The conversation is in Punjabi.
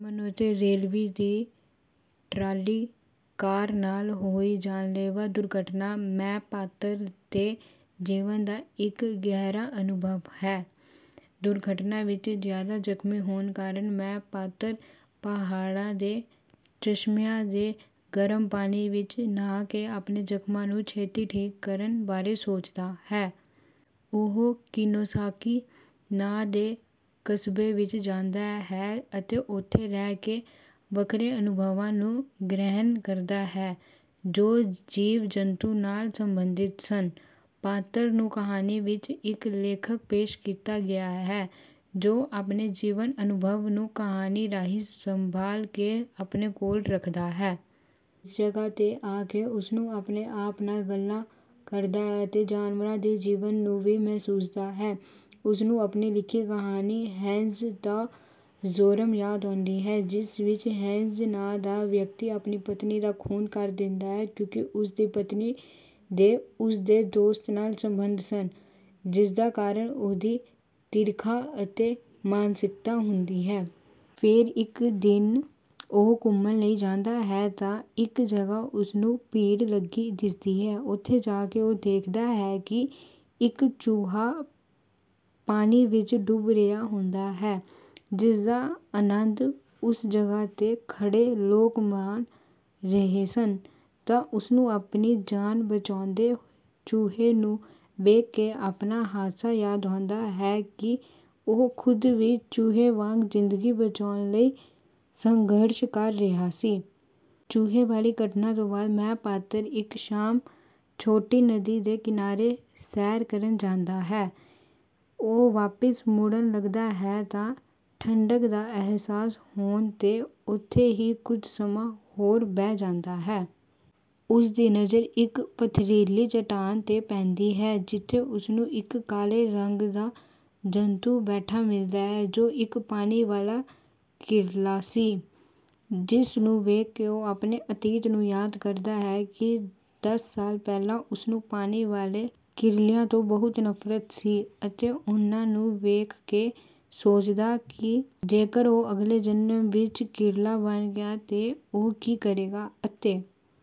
ਯਾਮਾਨੋਤੇ ਰੇਲਵੇ ਦੀ ਟ੍ਰਾਲੀ-ਕਾਰ ਨਾਲ ਹੋਈ ਜਾਨਲੇਵਾ ਦੁਰਘਟਨਾ" ਮੈਂ" ਪਾਤਰ ਦੇ ਜੀਵਨ ਦਾ ਇੱਕ ਗਹਿਰਾ ਅਨੁਭਵ ਹੈ। ਦੁਰਘਟਨਾ ਵਿੱਚ ਜ਼ਿਆਦਾ ਜ਼ਖਮੀ ਹੋਣ ਕਾਰਨ ਮੈਂ ਪਾਤਰ ਪਹਾੜਾਂ ਦੇ ਚਸ਼ਮਿਆਂ ਦੇ ਗਰਮ ਪਾਣੀ ਵਿੱਚ ਨਹਾ ਕੇ ਆਪਣੇ ਜ਼ਖਮਾਂ ਨੂੰ ਛੇਤੀ ਠੀਕ ਕਰਨ ਬਾਰੇ ਸੋਚਦਾ ਹੈ। ਉਹ ਕਿਨੋਸਾਕੀ ਨਾਂ ਦੇ ਕਸਬੇ ਵਿੱਚ ਜਾਂਦਾ ਹੈ ਅਤੇ ਉੱਥੇ ਰਹਿ ਕੇ ਵੱਖਰੇ ਅਨੁਭਵਾਂ ਨੂੰ ਗ੍ਰਹਿਣ ਕਰਦਾ ਹੈ ਜੋ ਜੀਵ-ਜੰਤੂ ਨਾਲ ਸਬੰਧਿਤ ਸਨ। ਪਾਤਰ ਨੂੰ ਕਹਾਣੀ ਵਿੱਚ ਇੱਕ ਲੇਖਕ ਪੇਸ਼ ਕੀਤਾ ਗਿਆ ਹੈ ਜੋ ਆਪਣੇ ਜੀਵਨੀ ਅਨੁਭਵ ਨੂੰ ਕਹਾਣੀ ਰਾਹੀਂ ਸੰਭਾਲ ਕੇ ਆਪਣੇ ਕੋਲ ਰੱਖਦਾ ਹੈ। ਇਸ ਜਗ੍ਹਾ ਤੇ ਆ ਕੇ ਉਸਨੂੰ ਆਪਣੇ ਆਪ ਨਾਲ ਗੱਲਾਂ ਕਰਦਾ ਹੈ ਅਤੇ ਜਾਨਵਰਾਂ ਦੇ ਜੀਵਨ ਨੂੰ ਵੀ ਮਹਿਸੁਸਦਾ ਹੈ। ਉਸਨੂੰ ਆਪਣੀ ਲਿਖੀ ਕਹਾਣੀ "ਹੇਨਜ਼ ਦਾ ਜੁਰਮ" ਯਾਦ ਆਉਂਦੀ ਹੈ, ਜਿਸ ਵਿੱਚ ਹੇਨਜ਼ ਨਾਂ ਦਾ ਵਿਅਕਤੀ ਆਪਣੀ ਪਤਨੀ ਦਾ ਖੂਨ ਕਰ ਦਿੰਦਾ ਹੈ ਕਿਉਂਕਿ ਉਸ ਦੀ ਪਤਨੀ ਦੇ ਉਸ ਦੇ ਦੋਸਤ ਨਾਲ ਸਬੰਧ ਸਨ ਜਿਸਦਾ ਕਾਰਨ ਉਹਦੀ ਤੀਰਖਾ ਅਤੇ ਮਾਨਸਿਕਤਾ ਹੁੰਦੀ ਹੈ। ਫਿਰ ਇੱਕ ਦਿਨ ਉਹ ਘੁੰਮਣ ਲਈ ਜਾਂਦਾ ਹੈ ਤਾਂ ਇੱਕ ਜਗ੍ਹਾ ਉਸਨੂੰ ਭੀੜ ਲੱਗੀ ਦਿਸਦੀ ਹੈ। ਉੱਥੇ ਜਾ ਕੇ ਉਹ ਦੇਖਦਾ ਹੈ ਕੀ ਇੱਕ ਚੂਹਾ ਪਾਣੀ ਵਿੱਚ ਡੁੱਬ ਰਿਹਾ ਹੁੰਦਾ ਹੈ ਜਿਸਦਾ ਅਨੰਦ ਉਸ ਜਗ੍ਹਾ ਤੇ ਖੜੇ ਲੋਕ ਮਾਣ ਰਹੇ ਸਨ ਤਾਂ ਉਸਨੂੰ ਆਪਣੀ ਜਾਨ ਬਚਾਉਂਦੇ ਚੂਹੇ ਨੂੰ ਵੇਖ ਕੇ ਆਪਣਾ ਹਾਦਸਾ ਯਾਦ ਆਉਂਦਾ ਹੈ ਕਿ ਉਹ ਖ਼ੁਦ ਵੀ ਚੂਹੇ ਵਾਂਗ ਜ਼ਿੰਦਗੀ ਬਚਾਉਣ ਲਈ ਸੰਘਰਸ਼ ਕਰ ਰਿਹਾ ਸੀ। ਚੂਹੇ ਵਾਲੀ ਘਟਨਾ ਤੋਂ ਬਾਅਦ "ਮੈਂ" ਪਾਤਰ ਇੱਕ ਸ਼ਾਮ ਛੋਟੀ ਨਦੀ ਦੇ ਕਿਨਾਰੇ ਸੈਰ ਕਰਨ ਜਾਂਦਾ ਹੈ। ਉਹ ਵਾਪਿਸ ਮੁੜਨ ਲੱਗਦਾ ਹੈ ਤਾਂ ਠੰਡਕ ਦਾ ਅਹਿਸਾਸ ਹੋਣ ਤੇ ਉੱਥੇ ਹੀ ਕੁਝ ਸਮਾਂ ਹੋਰ ਬਹਿ ਜਾਂਦਾ ਹੈ। ਉਸ ਦੀ ਨਜ਼ਰ ਇੱਕ ਪਥਰੀਲੀ ਚੱਟਾਨ ਤੇ ਪੈਂਦੀ ਹੈ ਜਿਥੇ ਉਸਨੂੰ ਇੱਕ ਕਾਲੇ ਰੰਗ ਦਾ ਜੰਤੂ ਬੈਠਾ ਦਿਖਦਾ ਹੈ ਜੋ ਇੱਕ ਪਾਣੀ ਵਾਲਾ ਕਿਰਲਾ ਸੀ। ਜਿਸ ਨੂੰ ਵੇਖ ਕੇ ਉਹ ਆਪਣੇ ਅਤੀਤ ਨੂੰ ਯਾਦ ਕਰਦਾ ਹੈ ਕਿ ਦਸ ਸਾਲ ਪਹਿਲਾਂ ਉਸਨੂੰ ਪਾਣੀ ਵਾਲੇ ਕਿਰਲਿਆਂ ਤੋਂ ਬਹੁਤ ਨਫ਼ਰਤ ਸੀ ਅਤੇ ਉਹਨਾਂ ਨੂੰ ਵੇਖ ਕੇ ਸੋਚਦਾ ਕਿ ਜੇਕਰ ਉਹ ਅਗਲੇ ਜਨਮ ਵਿੱਚ ਕਿਰਲਾ ਬਣ ਗਿਆ ਤੇ ਉਹ ਕਿ ਕਰੇਗਾ? ਅਤੇ